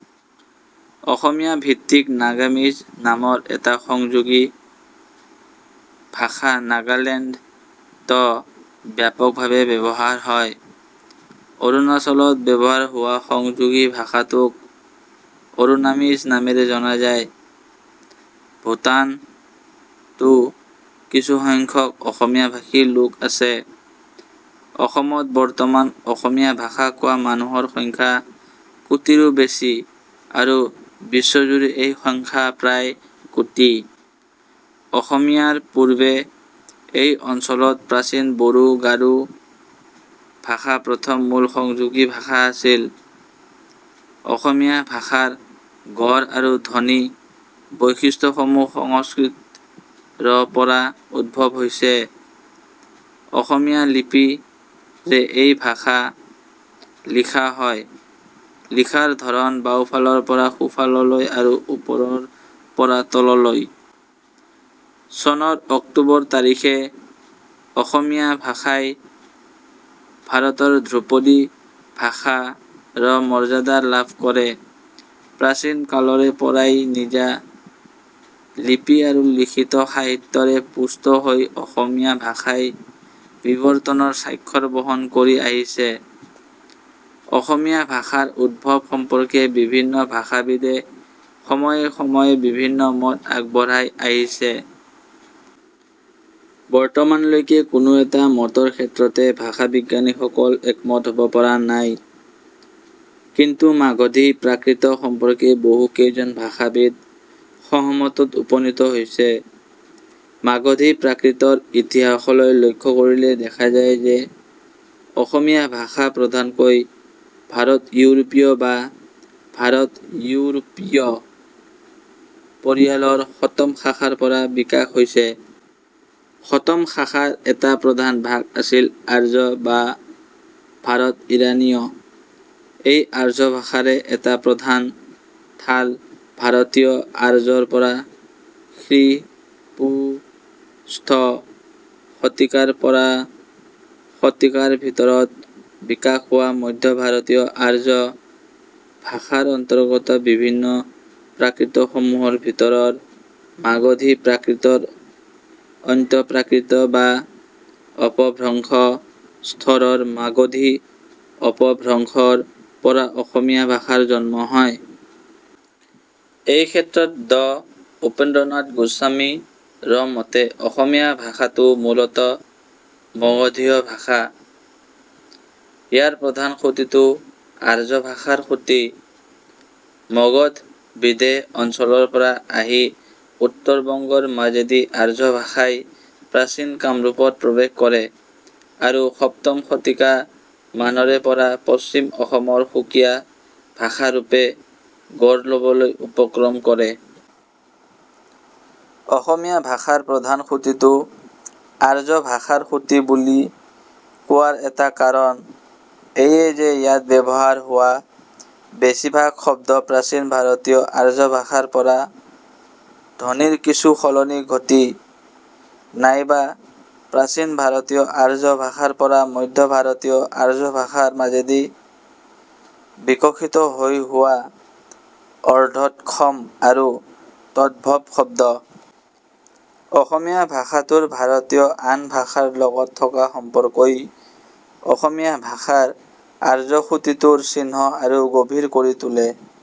অসমীয়া-ভিত্তিক নাগামিজ নামৰ এটা সংযোগী ভাষা নাগালেণ্ড ত ব্যাপকভাৱে ব্যৱহাৰ হয়। অৰুণাচলত ব্যৱহাৰ হোৱা সংযোগী ভাষাটোক অৰুণামিজ নামেৰে জনা যায়৷ ভূটান তো কিছুসংখ্যক অসমীয়াভাষী লোক আছে। অসমত বৰ্তমান অসমীয়া ভাষা কোৱা মানুহৰ সংখ্যা কোটিৰো বেছি আৰু বিশ্বজুৰি এই সংখ্যা প্ৰায় কোটি। অসমীয়াৰ পূৰ্বে এই অঞ্চলত প্ৰাচীন বড়ো-গাৰো ভাষা প্ৰথম মূল সংযোগী ভাষা আছিল। অসমীয়া ভাষাৰ গঢ় আৰু ধ্বনি বৈশিষ্ট্যসমূহ সংস্কৃত ৰ পৰা উদ্ভৱ হৈছে। অসমীয়া লিপি ৰে এই ভাষা লিখা হয়। লিখাৰ ধৰণ বাঁওফালৰ পৰা সোঁফাললৈ আৰু ওপৰৰ পৰা তললৈ। চনৰ অক্টোবৰ তাৰিখে অসমীয়া ভাষাই ভাৰতৰ ধ্ৰুপদী ভাষা ৰ মৰ্যাদা লাভ কৰে৷ প্ৰাচীন কালৰে পৰাই নিজা লিপি আৰু লিখিত সাহিত্যৰে পুষ্ট হৈ অসমীয়া ভাষাই বিৱৰ্তনৰ স্বাক্ষৰ বহন কৰি আহিছে। অসমীয়া ভাষাৰ উদ্ভৱ সম্পৰ্কে বিভিন্ন ভাষাবিদে সময়ে সময়ে বিভিন্ন মত আগবঢ়াই আহিছে। বৰ্তমানলৈকে কোনো এটা মতৰ ক্ষেত্ৰতে ভাষাবিজ্ঞানীসকল একমত হ'ব পৰা নাই। কিন্তু মাগধী প্ৰাকৃত সম্পৰ্কে বহু কেইজন ভাষাবিদ সহমতত উপনীত হৈছে। মাগধী প্ৰাকৃতৰ ইতিহাসলৈ লক্ষ্য কৰিলে দেখা যায় যে, অসমীয়া ভাষা প্ৰধানকৈ ভাৰত-ইউৰোপীয় বা ভাৰত-ইউৰোপীয় পৰিয়ালৰ শতম শাখাৰ পৰা বিকাশ হৈছে। শতম শাখাৰ এটা প্ৰধান ভাগ আছিল 'আৰ্য' বা ' ভাৰত-ইৰানীয় '। এই আৰ্যভাষাৰে এটা প্ৰধান ঠাল ভাৰতীয় আৰ্যৰ পৰা খৃঃ পূঃ ষ্ঠ শতিকাৰ পৰা শতিকাৰ ভিতৰত বিকাশ হোৱা মধ্য ভাৰতীয় আৰ্য ভাষাৰ অন্তৰ্গত বিভিন্ন প্ৰাকৃতসমূহৰ ভিতৰৰ মাগধী প্ৰাকৃতৰ অন্ত্য প্ৰাকৃত বা অপভ্ৰংশ স্তৰৰ মাগধী অপভ্ৰংশৰ পৰা অসমীয়া ভাষাৰ জন্ম হয়। এইক্ষেত্ৰত ড উপেন্দ্ৰনাথ গোস্বামী ৰ মতে, অসমীয়া ভাষাটো মূলতঃ মগধীয় ভাষা। ইয়াৰ প্ৰধান সুঁতিটো আৰ্যভাষাৰ সুঁতি। মগধ-বিদেহ অঞ্চলৰ পৰা আহি উত্তৰ-বঙ্গৰ মাজেদি আৰ্য-ভাষাই প্ৰাচীন কামৰূপত প্ৰৱেশ কৰে আৰু সপ্তম শতিকা মানৰে পৰা পশ্চিম-অসমৰ সুকীয়া ভাষাৰূপে গঢ় ল'বলৈ উপক্ৰম কৰে। অসমীয়া ভাষাৰ প্ৰধান সুঁতিটো আৰ্য-ভাষাৰ সুঁতি বুলি কোৱাৰ এটা কাৰণ এয়ে যে ইয়াত ব্যৱহাৰ হোৱা বেছিভাগ শব্দ প্ৰাচীন ভাৰতীয় আৰ্য-ভাষাৰ পৰা ধ্বনিৰ কিছু সলনি ঘটি নাইবা প্ৰাচীন ভাৰতীয় আৰ্য ভাষাৰ পৰা মধ্য ভাৰতীয় আৰ্য ভাষাৰ মাজেদি বিকশিত হৈ হোৱা অৰ্ধতৎসম আৰু তদ্ভৱ শব্দ। অসমীয়া ভাষাটোৰ ভাৰতীয় আন ভাষাৰ লগত থকা সম্পৰ্কই অসমীয়া ভাষাৰ আৰ্য-সুঁতিটোৰ চিহ্ন আৰু গভীৰ কৰি তোলে।।